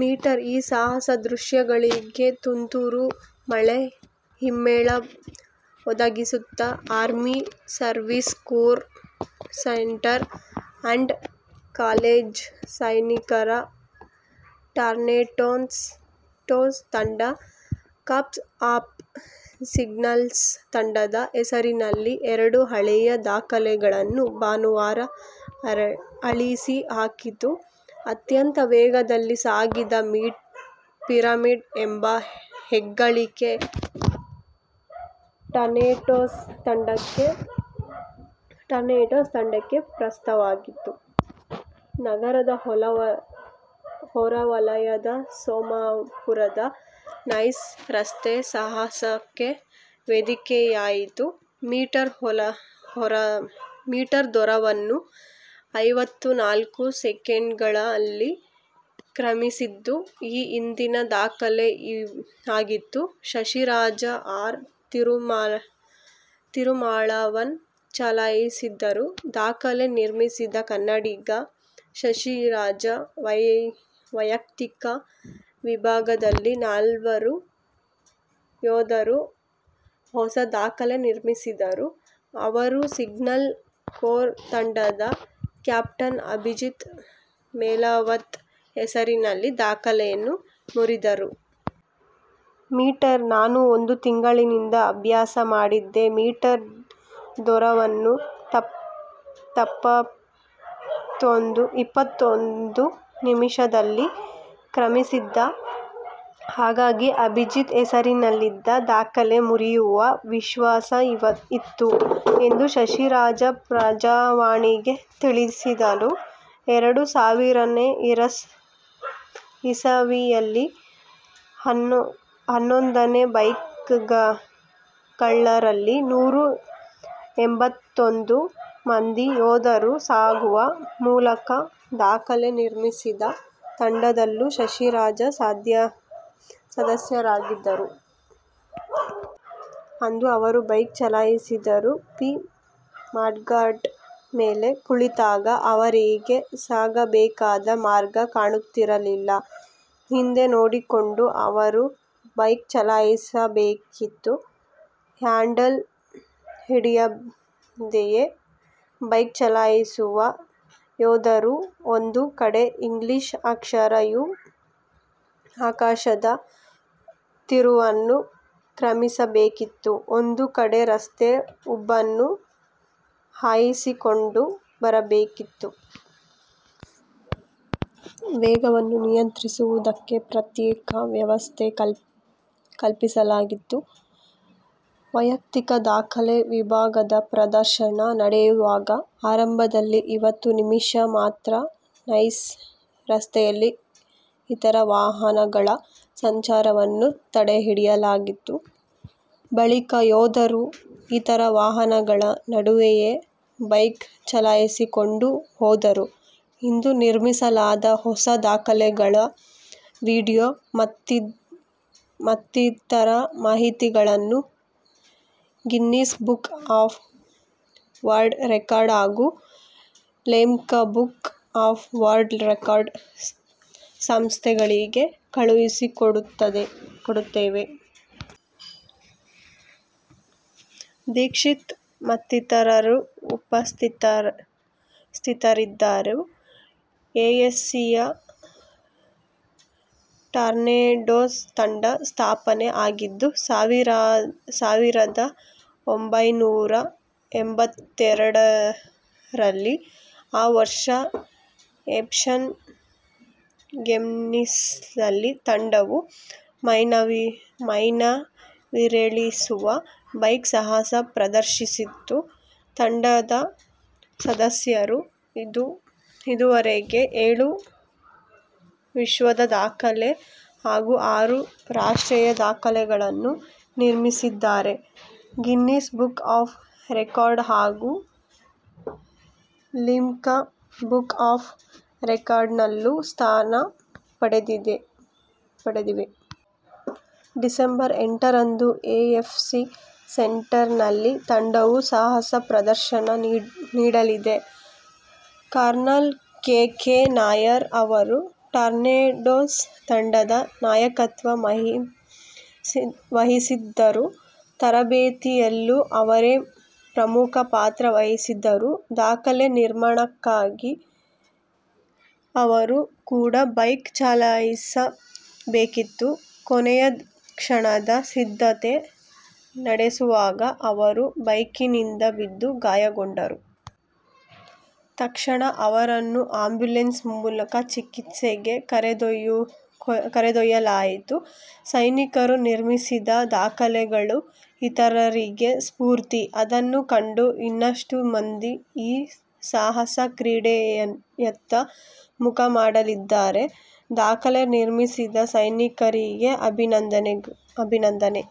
Metre ಈ ಸಾಹಸ ದೃಶ್ಯಗಳಿಗೆ ತುಂತುರು ಮಳೆ ಹಿಮ್ಮೇಳ ಒದಗಿಸಿತು. Army service corps centre and ಕಾಲೇಜ್ನ ಸೈನಿಕರ 'ಟಾರ್ನೆಡೋಸ್' ತಂಡ, 'ಕಾರ್ಪ್ಸ್ ಆಫ್ ಸಿಗ್ನಲ್ಸ್' ತಂಡದ ಹೆಸರಿನಲ್ಲಿದ್ದ ಎರಡು ಹಳೆಯ ದಾಖಲೆಗಳನ್ನು ಭಾನುವಾರ ಅಳಿಸಿ ಹಾಕಿತು. ಅತ್ಯಂತ ವೇಗದಲ್ಲಿ ಸಾಗಿದ ಪಿರಮಿಡ್ ಎಂಬ ಹೆಗ್ಗಳಿಕೆ ಟಾರ್ನೆಡೋಸ್ ತಂಡಕ್ಕೆ ಪ್ರಾಪ್ತವಾಯಿತು. ನಗರದ ಹೊರವಲಯದ ಸೋಮಪುರದ ನೈಸ್ ರಸ್ತೆ ಈ ಸಾಹಸಕ್ಕೆ ವೇದಿಕೆಯಾಯಿತು. ಮೀಟರ್ ದೂರವನ್ನು ಐವತ್ತನಾಲ್ಕು ಸೆಕೆಂಡ್ಗಳಲ್ಲಿ ಕ್ರಮಿಸಿದ್ದು ಈ ಹಿಂದಿನ ದಾಖಲೆ ಆಗಿತ್ತು. ಶಶಿರಾಜ, ಆರ್. ತಿರುಮಾಳವನ್ ಚಲಾಯಿಸಿದರು. ದಾಖಲೆ ನಿರ್ಮಿಸಿದ ಕನ್ನಡಿಗ ಶಶಿರಾಜ ವೈಯಕ್ತಿಕ ವಿಭಾಗದಲ್ಲಿ ನಾಲ್ವರು ಯೋಧರು ಹೊಸ ದಾಖಲೆ ನಿರ್ಮಿಸಿದರು. ಅವರು ಸಿಗ್ನಲ್ ಕೋರ್ ತಂಡದ ಕ್ಯಾಪ್ಟನ್ ಅಭಿಜಿತ್ ಮೆಲಾವತ್ ಹೆಸರಿನಲ್ಲಿದ್ದ ದಾಖಲೆಯನ್ನು ಮುರಿದರು. ಮೀಟರ್ 'ನಾನು ಒಂದು ತಿಂಗಳಿನಿಂದ ಅಭ್ಯಾಸ ಮಾಡಿದ್ದೆ. ಮೀಟರ್ ದೂರವನ್ನು ಇಪ್ಪತ್ತೊಂದು ನಿಮಿಷದಲ್ಲಿ ಕ್ರಮಿಸಿದ್ದೆ, ಹಾಗಾಗಿ ಅಭಿಜಿತ್ ಹೆಸರಿನಲ್ಲಿದ್ದ ದಾಖಲೆ ಮುರಿಯುವ ವಿಶ್ವಾಸ ಇತ್ತು ಎಂದು ಶಶಿರಾಜ 'ಪ್ರಜಾವಾಣಿ'ಗೆ ತಿಳಿಸಿದರು. ಎರಡು ಸಾವಿರನೇ ಇಸವಿಯಲ್ಲಿ ಹನ್ನೊಂದನೇ ಬೈಕ್ಗಳಲ್ಲಿ ನೂರ ಎಂಭತ್ತೊಂದು ಮಂದಿ ಯೋಧರು ಸಾಗುವ ಮೂಲಕ ದಾಖಲೆ ನಿರ್ಮಿಸಿದ ತಂಡದಲ್ಲೂ ಶಶಿರಾಜ ಸದಸ್ಯರಾಗಿದ್ದರು. ಅಂದು ಅವರೂ ಬೈಕ್ ಚಲಾಯಿಸಿದ್ದರು. ಪಿ. ಮಡ್ಗಾರ್ಡ್ ಮೇಲೆ ಕುಳಿತಾಗ ಅವರಿಗೆ ಸಾಗಬೇಕಾದ ಮಾರ್ಗ ಕಾಣುತ್ತಿರಲಿಲ್ಲ. ಹಿಂದೆ ನೋಡಿಕೊಂಡು ಅವರು ಬೈಕ್ ಚಲಾಯಿಸಬೇಕಿತ್ತು. ಹ್ಯಾಂಡಲ್ ಹಿಡಿಯದೆಯೇ ಬೈಕ್ ಚಲಾಯಿಸುವ ಯೋಧರು ಒಂದು ಕಡೆ ಇಂಗ್ಲಿಷ್ ಅಕ್ಷರ ಯೂ ಆಕಾರದ ತಿರುವನ್ನು ಕ್ರಮಿಸಬೇಕಿತ್ತು. ಒಂದು ಕಡೆ ರಸ್ತೆ ಉಬ್ಬನ್ನು ಹಾಯಿಸಿಕೊಂಡು ಬರಬೇಕಿತ್ತು. ವೇಗವನ್ನು ನಿಯಂತ್ರಿಸುವುದಕ್ಕೆ ಪ್ರತ್ಯೇಕ ವ್ಯವಸ್ಥೆ ಕಲ್ಪಿಸಲಾಗಿತ್ತು. ವೈಯಕ್ತಿಕ ದಾಖಲೆ ವಿಭಾಗದ ಪ್ರದರ್ಶನ ನಡೆಯುವಾಗ ಆರಂಭದಲ್ಲಿ ಇಪ್ಪತ್ತು ನಿಮಿಷ ಮಾತ್ರ ನೈಸ್ ರಸ್ತೆಯಲ್ಲಿ ಇತರ ವಾಹನಗಳ ಸಂಚಾರವನ್ನು ತಡೆ ಹಿಡಿಯಲಾಗಿತ್ತು. ಬಳಿಕ ಯೋಧರು ಇತರ ವಾಹನಗಳ ನಡುವೆಯೇ ಬೈಕ್ ಚಲಾಯಿಸಿಕೊಂಡು ಹೋದರು. 'ಇಂದು ನಿರ್ಮಿಸಲಾದ ಹೊಸ ದಾಖಲೆಗಳ ವಿಡಿಯೊ ಮತ್ತಿತರ ಮಾಹಿತಿಗಳನ್ನು Guinness book of world record ಹಾಗೂ Limca book of world record ಸಂಸ್ಥೆಗಳಿಗೆ ಕಳುಹಿಸಿಕೊಡುತ್ತೇವೆ. ದೀಕ್ಷಿತ್ ಮತ್ತಿತರರು ಉಪಸ್ಥಿತರಿದ್ದರು. ಎಎಸ್ಸಿಯ ಟಾರ್ನೆಡೋಸ್ ತಂಡ ಸ್ಥಾಪನೆ ಆಗಿದ್ದು ಸಾವಿರದ ಒಂಭೈನೂರ ಎಂಭತ್ತೆರಡರಲ್ಲಿ. ಆ ವರ್ಷ ಏಷ್ಯನ್ ಗೇಮ್ಸ್ನಲ್ಲಿ ತಂಡವು ಮೈನವಿರೇಳಿಸುವ ಬೈಕ್ ಸಾಹಸ ಪ್ರದರ್ಶಿಸಿತ್ತು. ತಂಡದ ಸದಸ್ಯರು ಇದುವರೆಗೆ ಏಳು ವಿಶ್ವದಾಖಲೆ ಹಾಗೂ ಆರು ರಾಷ್ಟ್ರೀಯ ದಾಖಲೆಗಳನ್ನು ನಿರ್ಮಿಸಿದ್ದಾರೆ. ಗಿನ್ನಿಸ್ ಬುಕ್ ಆಫ್ ರೆಕಾರ್ಡ್ ಹಾಗೂ ಲಿಮ್ಕಾ ಬುಕ್ ಆಫ್ ರೆಕಾರ್ಡ್ನಲ್ಲೂ ಸ್ಥಾನ ಪಡೆದಿವೆ. ಡಿಸೆಂಬರ್ ಎಂಟರಂದು ಎ ಎಸ್ಸಿ ಸೆಂಟರ್ನಲ್ಲಿ ತಂಡವು ಸಾಹಸ ಪ್ರದರ್ಶನ ನೀಡಲಿದೆ. Colonel K. ಕೆ. ನಾಯರ್ ಅವರು ಟಾರ್ನೆಡೋಸ್ ತಂಡದ ನಾಯಕತ್ವ ವಹಿಸಿದ್ದರು. ತರಬೇತಿಯಲ್ಲೂ ಅವರೇ ಪ್ರಮುಖ ಪಾತ್ರ ವಹಿಸಿದ್ದರು. ದಾಖಲೆ ನಿರ್ಮಾಣಕ್ಕಾಗಿ ಅವರು ಕೂಡ ಬೈಕ್ ಚಲಾಯಿಸಬೇಕಿತ್ತು. ಕೊನೆಯ ಕ್ಷಣದ ಸಿದ್ಧತೆ ನಡೆಸುವಾಗ ಅವರು ಬೈಕಿನಿಂದ ಬಿದ್ದು ಗಾಯಗೊಂಡರು. ತಕ್ಷಣ ಅವರನ್ನು ಆಂಬುಲೆನ್ಸ್ ಮೂಲಕ ಚಿಕಿತ್ಸೆಗೆ ಕರೆದೊಯ್ಯಲಾಯಿತು. ಸೈನಿಕರು ನಿರ್ಮಿಸಿದ ದಾಖಲೆಗಳು ಇತರರಿಗೂ ಸ್ಫೂರ್ತಿ. ಇದನ್ನು ಕಂಡು ಇನ್ನಷ್ಟು ಮಂದಿ ಈ ಸಾಹಸ ಕ್ರೀಡೆಯತ್ತ ಮುಖ ಮಾಡಲಿದ್ದಾರೆ. ದಾಖಲೆ ನಿರ್ಮಿಸಿದ ಸೈನಿಕರಿಗೆ ಅಭಿನಂದನೆ